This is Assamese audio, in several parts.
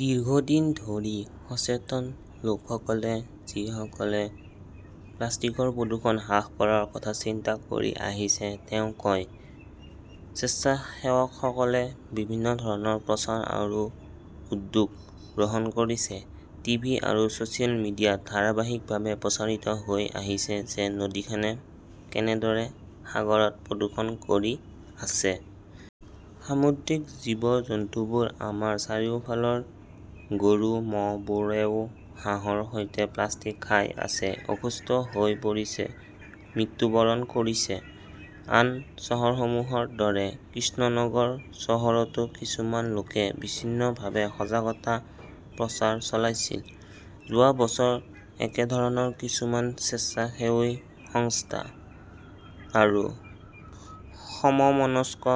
দীৰ্ঘদিন ধৰি সচেতন লোকসকলে যিসকলে প্লাষ্টিকৰ প্ৰদূষণ হ্ৰাস কৰাৰ কথা চিন্তা কৰি আহিছে তেওঁ কয়, স্বেচ্ছাসেৱকসকলে বিভিন্ন ধৰণৰ প্ৰচাৰ আৰু উদ্যোগ গ্ৰহণ কৰিছে। টিভি আৰু ছ চিয়েল মিডিয়াত ধাৰাবাহিকভাৱে প্ৰচাৰিত হৈ আহিছে যে নদীখনে কেনেদৰে সাগৰত প্ৰদূষণ কৰি আছে। সামুদ্ৰিক জীৱ-জন্তুবোৰ, আমাৰ চাৰিওফালৰ গৰু-ম'হবোৰেও ঘাঁহৰ সৈতে প্লাষ্টিক খাই আছে, অসুস্থ হৈ পৰিছে, মৃত্যুবৰণ কৰিছে। আন চহৰসমূহৰ দৰে কৃষ্ণনগৰ চহৰতো কিছুমান লোকে বিচ্ছিন্নভাৱে সজাগতা প্ৰচাৰ চলাইছিল। যোৱা বছৰ একেধৰণৰ কিছুমান স্বেচ্ছাসেৱী সংস্থা আৰু সমমনস্ক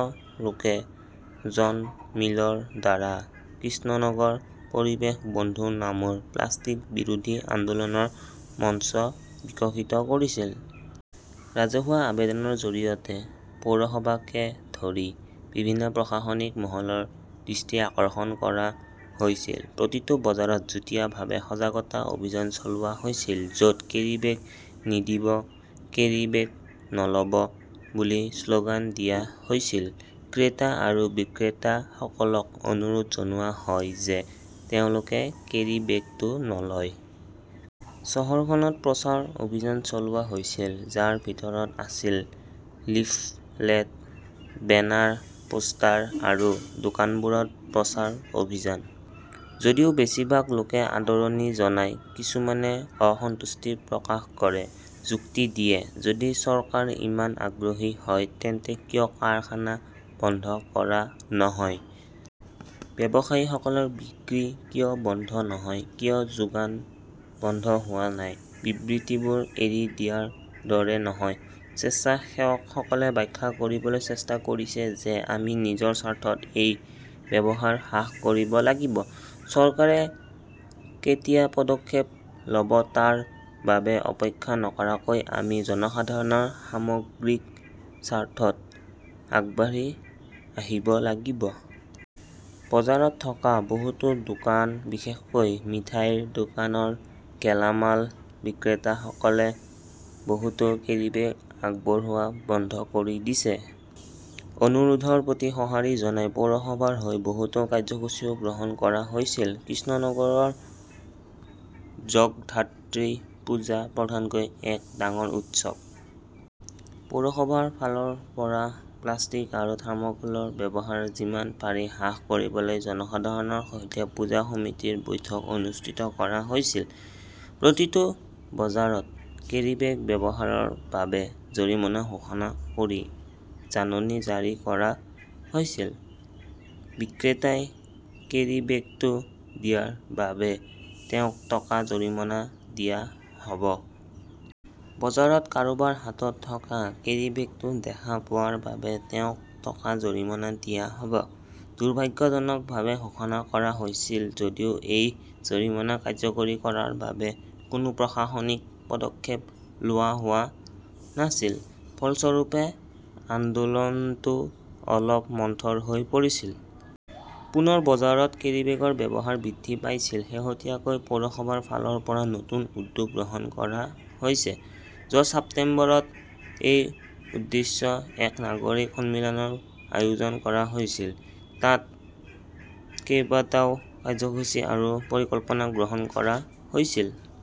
লোকে জন মিলৰ দ্বাৰা 'কৃষ্ণনগৰ পৰিৱেশ বন্ধু নামৰ প্লাষ্টিক বিৰোধী আন্দোলনৰ মঞ্চ বিকশিত কৰিছিল। ৰাজহুৱা আবেদনৰ জৰিয়তে পৌৰসভাকে ধৰি বিভিন্ন প্ৰশাসনিক মহলৰ দৃষ্টি আকৰ্ষণ কৰা হৈছিল। প্ৰতিটো বজাৰত যুটীয়াভাৱে সজাগতা অভিযান চলোৱা হৈছিল, য'ত কেৰীবেগ নিদিব, কেৰীবেগ নলব, বুলি শ্লোগান দিয়া হৈছিল। ক্ৰেতা আৰু বিক্ৰেতাসকলক অনুৰোধ জনোৱা হয় যে তেওঁলোকে কেৰীবেগটো নলয় । চহৰখনত প্ৰচাৰ অভিযান চলোৱা হৈছিল, যাৰ ভিতৰত আছিল লিফলেট, বেনাৰ, পোষ্টাৰ আৰু দোকানবোৰত প্ৰচাৰ অভিযান। যদিও বেছিভাগ লোকে আদৰণি জনায়, কিছুমানে অসন্তুষ্টি প্ৰকাশ কৰে, যুক্তি দিয়ে, যদি চৰকাৰ ইমান আগ্ৰহী হয় তেন্তে কিয় কাৰখানা বন্ধ কৰা নহয়? ব্যৱসায়ীসকলৰ বিক্ৰী কিয় বন্ধ নহয়? কিয় যোগান বন্ধ হোৱা নাই? বিবৃতিবোৰ এৰি দিয়াৰ দৰে নহয়। স্বেচ্ছাসেৱকসকলে ব্যাখ্যা কৰিবলৈ চেষ্টা কৰিছে যে আমি নিজৰ স্বাৰ্থত এই ব্যৱহাৰ হ্ৰাস কৰিব লাগিব। চৰকাৰে কেতিয়া পদক্ষেপ ল'ব তাৰ বাবে অপেক্ষা নকৰাকৈ আমি জনসাধাৰণৰ সামগ্ৰিক স্বাৰ্থত আগবাঢ়ি আহিব লাগিব। বজাৰত থকা বহুতো দোকান, বিশেষকৈ মিঠাইৰ দোকানৰ গেলামাল বিক্ৰেতাসকলে বহুতো কেৰীবেগ আগবঢ়োৱা বন্ধ কৰি দিছে। অনুৰোধৰ প্ৰতি সঁহাৰি জনাই পৌৰসভাৰ হৈ বহুতো কাৰ্যসূচীও গ্ৰহণ কৰা হৈছিল। কৃষ্ণনগৰৰ জগধাত্ৰী পূজা প্ৰধানকৈ এক ডাঙৰ উৎসৱ। পৌৰসভাৰ ফালৰ পৰা প্লাষ্টিক আৰু থামৰ্কলৰ ব্যৱহাৰ যিমান পাৰি হ্ৰাস কৰিবলৈ জনসাধাৰণৰ সৈতে পূজা সমিতিৰ বৈঠক অনুষ্ঠিত কৰা হৈছিল। প্ৰতিটো বজাৰত কেৰীবেগ ব্যৱহাৰৰ বাবে জৰিমনা ঘোষণা কৰি জাননী জাৰি কৰা হৈছিল। বিক্ৰেতাই কেৰীবেগটো দিয়াৰ বাবে তেওঁক টকা জৰিমনা দিয়া হ'ব। বজাৰত কাৰোবাৰ হাতত থকা কেৰীবেগটো দেখা পোৱাৰ বাবে তেওঁক টকা জৰিমনা দিয়া হ'ব। দুৰ্ভাগ্যজনকভাৱে, ঘোষণা কৰা হৈছিল যদিও এই জৰিমনা কাৰ্যকৰী কৰাৰ বাবে কোনো প্ৰশাসনিক পদক্ষেপ লোৱা হোৱা নাছিল। ফলস্বৰূপে, আন্দোলনটো অলপ মন্থৰ হৈ পৰিছিল। পুনৰ বজাৰত কেৰীবেগৰ ব্যৱহাৰ বৃদ্ধি পাইছিল। শেহতীয়াকৈ পৌৰসভাৰ ফালৰ পৰা নতুন উদ্যোগ গ্ৰহণ কৰা হৈছে। যোৱা ছেপ্টেম্বৰত এই উদ্দেশ্যে এক নাগৰিক সন্মিলনৰ আয়োজন কৰা হৈছিল। তাত কেইবাটাও কাৰ্যসূচী আৰু পৰিকল্পনা গ্ৰহণ কৰা হৈছিল।